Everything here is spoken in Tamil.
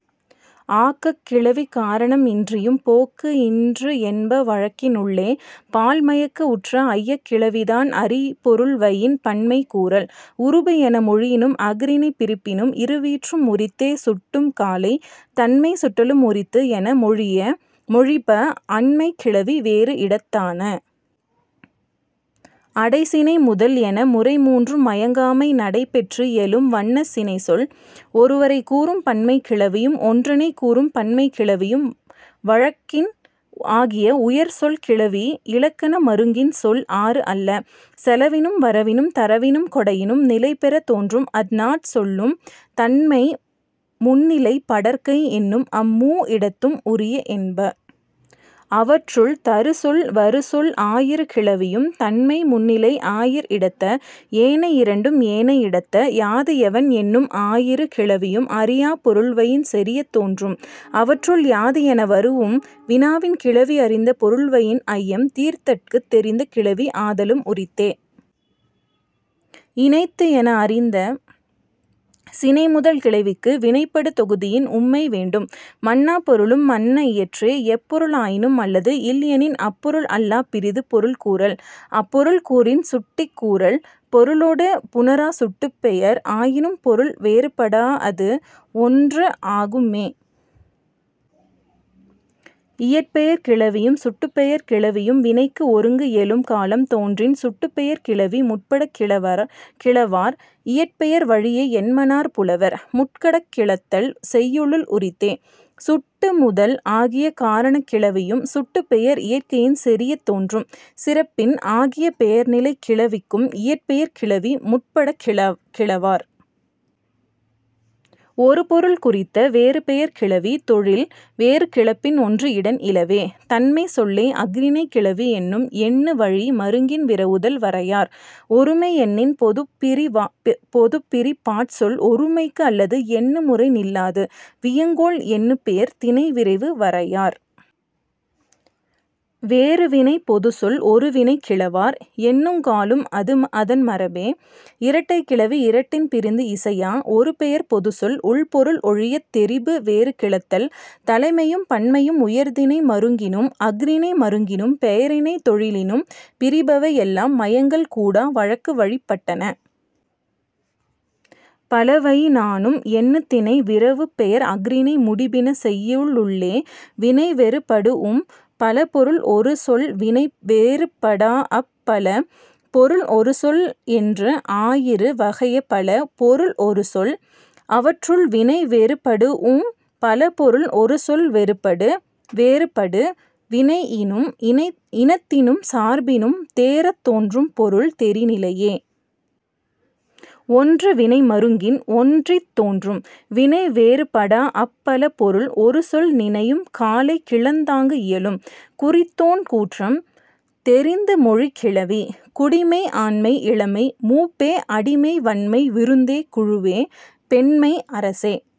ஆக்கக் கிளவி காரணம் இன்றியும் போக்கு இன்று என்ப வழக்கினுள்ளே.। பால் மயக்கு உற்ற ஐயக் கிளவி தான் அறி பொருள்வயின் பன்மை கூறல். உருபு என மொழியினும் அஃறிணைப் பிரிப்பினும் இரு வீற்றும் உரித்தே சுட்டும் காலை. தன்மை சுட்டலும் உரித்து என மொழிப அன்மைக் கிளவி வேறு இடத்தான. அடை சினை முதல் என முறை மூன்றும் மயங்காமை நடை பெற்று இயலும் வண்ணச் சினைச் சொல். ஒருவரைக் கூறும் பன்மைக் கிளவியும் ஒன்றனைக் கூறும் பன்மைக் கிளவியும் வழக்கின் ஆகிய உயர் சொல் கிளவி இலக்கண மருங்கின் சொல் ஆறு அல்ல. செலவினும் வரவினும் தரவினும் கொடையினும் நிலை பெறத் தோன்றும் அந் நாற் சொல்லும் தன்மை முன்னிலை படர்க்கை என்னும் அம் மூ இடத்தும் உரிய என்ப. அவற்றுள், தரு சொல் வரு சொல் ஆயிரு கிளவியும் தன்மை முன்னிலை ஆயீர் இடத்த. ஏனை இரண்டும் ஏனை இடத்த. யாது எவன் என்னும் ஆயிரு கிளவியும் அறியாப் பொருள்வயின் செறியத் தோன்றும். அவற்றுள், யாது என வரூஉம் வினாவின் கிளவி அறிந்த பொருள்வயின் ஐயம் தீர்தற்குத் தெரிந்த கிளவி ஆதலும் உரித்தே. இனைத்து என அறிந்த சினை முதல் கிளவிக்கு வினைப்படு தொகுதியின் உம்மை வேண்டும். மன்னாப் பொருளும் அன்ன இயற்றே. எப் பொருள் ஆயினும் அல்லது இல் எனின் அப் பொருள் அல்லாப் பிறிது பொருள் கூறல். அப் பொருள் கூறின் சுட்டிக் கூறல். பொருளொடு புணராச் சுட்டுப்பெயர் ஆயினும் பொருள் வேறுபடாஅது ஒன்று ஆகும்மே. இயற்பெயர்க் கிளவியும் சுட்டுப்பெயர்க் கிளவியும் வினைக்கு ஒருங்கு இயலும் காலம் தோன்றின் சுட்டுப்பெயர்க் கிளவி முற்படக் கிளவார் இயற்பெயர் வழிய என்மனார் புலவர். முற்படக் கிளத்தல் செய்யுளுள் உரித்தே. சுட்டு முதல் ஆகிய காரணக் கிளவியும் சுட்டுப்பெயர் இயற்கையின் செறியத் தோன்றும். சிறப்பின் ஆகிய பெயர்நிலைக் கிளவிக்கும் இயற்பெயர்க் கிளவி முற்படக் கிளவார். ஒரு பொருள் குறித்த வேறு பெயர்க் கிளவி தொழில் வேறு கிளப்பின் ஒன்று இடன் இலவே. தன்மைச் சொல்லே அஃறிணைக் கிளவி என்று எண்ணு வழி மருங்கின் விரவுதல் வரையார். ஒருமை எண்ணின் பொதுப் பிரி பாற்சொல் ஒருமைக்கு அல்லது எண்ணு முறை நில்லாது. வியங்கோள் எண்ணுப்பெயர் திணை விரவு வரையார். வேறு வினைப் பொதுச் சொல் ஒரு வினை கிளவார். எண்ணுங்காலும் அது அதன் மரபே. இரட்டைக்கிளவி இரட்டின் பிரிந்து இசையா. ஒரு பெயர்ப் பொதுச் சொல் உள் பொருள் ஒழியத் தெரிபு வேறு கிளத்தல் தலைமையும் பன்மையும் உயர்திணை மருங்கினும் அஃறிணை மருங்கினும். பெயரினும் தொழிலினும் பிரிபவை எல்லாம் மயங்கல் கூடா வழக்குவழிப் பட்டன. பலவயினானும் எண்ணுத் திணை விரவுப்பெயர் அஃறிணை முடிபின செய்யுளுள்ளே. வினை வேறுபடூஉம் பல பொருள் ஒரு சொல் வினை வேறுபடாஅப் பல பொருள் ஒரு சொல் என்று ஆயிரு வகைய பல பொருள் ஒரு சொல். அவற்றுள், வினை வேறுபடூஉம் பல பொருள் ஒரு சொல் வேறுபடு வினையினும் இனத்தினும் சார்பினும் தேறத் தோன்றும் பொருள் தெரி நிலையே. ஒன்று வினை மருங்கின் ஒன்றித் தோன்றும். வினை வேறுபடாஅப் பல பொருள் ஒரு சொல் நினையும் காலை கிளந்தாங்கு இயலும். குறித்தோன் கூற்றம் தெரித்து மொழி கிளவி. குடிமை ஆண்மை இளமை மூப்பே அடிமை வன்மை விருந்தே குழுவே பெண்மை அரசே